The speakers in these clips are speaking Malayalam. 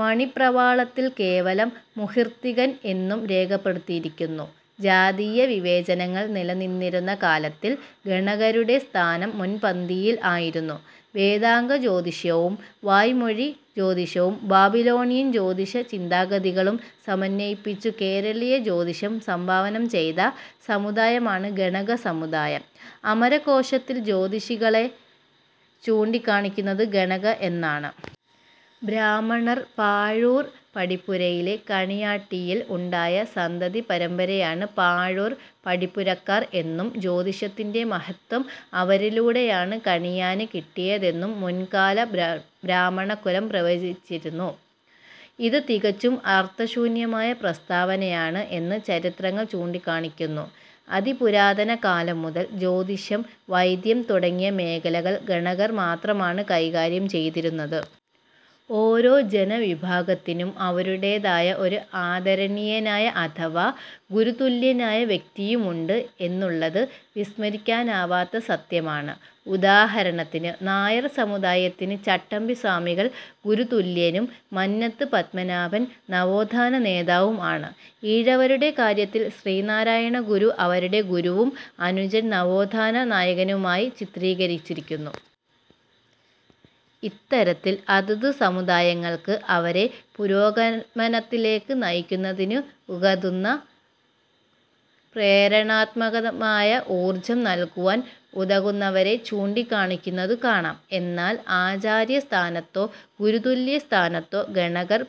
മണിപ്രവാളത്തിൽ കേവലം "മുഹിർത്തികൻ" എന്നും രേഖപ്പെടുത്തിയിരിക്കുന്നു. ജാതീയ വിവേചനങ്ങൾ നിലനിന്നിരുന്ന കാലത്തിൽ ഗണകരുടെ സ്ഥാനം മുൻപന്തിയിൽ ആയിരുന്നു. വേദാംഗ ജ്യോതിഷവും, വായ്മൊഴി ജ്യോതിഷവും, ബാബിലോണിയൻ ജ്യോതിഷ ചിന്താഗതികളും സമന്വയിപ്പിച്ചു കേരളീയ ജ്യോതിഷം സംഭാവന ചെയ്ത സമുദായമാണ് ഗണക സമുദായം. അമരകോശത്തിൽ ജ്യോതിഷികളെ ചൂണ്ടികാണിക്കുന്നത് ഗണകഃ എന്നാണ്. ബ്രാഹ്മണർ പാഴൂർ പടിപ്പുരയിലെ കണിയാട്ടിയിൽ ഉണ്ടായ സന്തതി പരമ്പരയാണ് പാഴൂർ പടിപ്പുരക്കാർ എന്നും ജ്യോതഷിത്തിന്റെ മഹത്ത്വം അവരിലൂടെയാണ് കണിയാന് കിട്ടിയതെന്നും മുൻകാല ബ്രാഹ്മണകുലം പ്രചരിപ്പിച്ചിരുന്നു. ഇത് തികച്ചും അർത്ഥശൂന്യമായ പ്രസ്താവനയാണ് എന്ന് ചരിത്രങ്ങൾ ചൂണ്ടികാണിയ്ക്കുന്നു. അതിപുരാതന കാലം മുതൽ, ജ്യോതിഷം, വൈദ്യം തുടങ്ങിയ മേഖലകൾ ഗണകർ മാത്രമാണ് കൈകാര്യം ചെയ്തിരുന്നത്. ഓരോ ജനവിഭാഗത്തിനും അവരുടേതായ ഒരു ആദരണീയനായ അഥവാ ഗുരുതുല്യനായ വ്യക്തിയും ഉണ്ട് എന്നുള്ളത് വിസ്മരിയ്ക്കാനാവാത്ത സത്യമാണ്. ഉദാഹരണത്തിന് നായർ സമുദായത്തിന് ചട്ടമ്പി സ്വാമികൾ ഗുരുതുല്യനും മന്നത്ത് പത്മനാഭൻ നവോത്ഥാന നേതാവും ആണ്. ഈഴവരുടെ കാര്യത്തിൽ ശ്രീനാരായണ ഗുരു അവരുടെ ഗുരുവും അനുജൻ നവോത്ഥാന നായകനുമായി ചിത്രീകരിച്ചിരിക്കുന്നു. ഇത്തരത്തിൽ അതതു സമുദായങ്ങൾക്ക് അവരെ പുരോഗമനത്തിലേക്ക് നയിക്കുന്നതിനുകതുന്ന പ്രേരണാത്മകമായ ഊർജ്ജം നല്കുവാൻ ഉതകുന്നവരെ ചൂണ്ടികാണിക്കുന്നതു കാണാം. എന്നാൽ ആചാര്യ സ്ഥാനത്തോ ഗുരുതുല്യ സ്ഥാനത്തോ ഗണകർ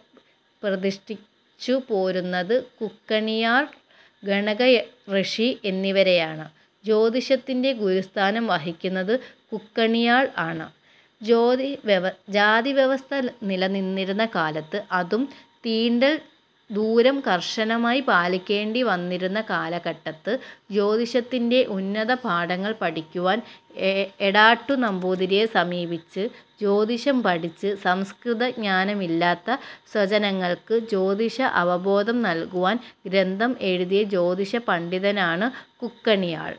പ്രതിഷ്ഠിച്ചുപോരുന്നത് കുക്കണിയാൾ, ഗണക ഋഷി എന്നിവരെയാണ്. ജ്യോതിഷത്തിന്റെ ഗുരുസ്ഥാനം വഹിക്കുന്നത് "കുക്കണിയാൾ" ആണ്. ജാതിവ്യവസ്ഥ നിലനിന്നിരുന്ന കാലത്ത്, അതും തീണ്ടൽ ദൂരം കർശനമായി പാലിക്കേണ്ടിവന്നിരുന്ന കാലഘട്ടത്ത് ജ്യോതിഷത്തിന്റെ ഉന്നത പാഠങ്ങൾ പഠിക്കുവാൻ എടാട്ടു നമ്പൂതിരിയെ സമീപിച്ച്, ജ്യോതിഷം പഠിച്ച്, സംസ്കൃത ജ്ഞാനമില്ലാത്ത സ്വജനങ്ങൾക്ക് ജ്യോതിഷ അവബോധം നല്കുവാൻ ഗ്രന്ഥം എഴുതിയ ജ്യോതഷ പണ്ഡിതനാണ് കുക്കണിയാൾ.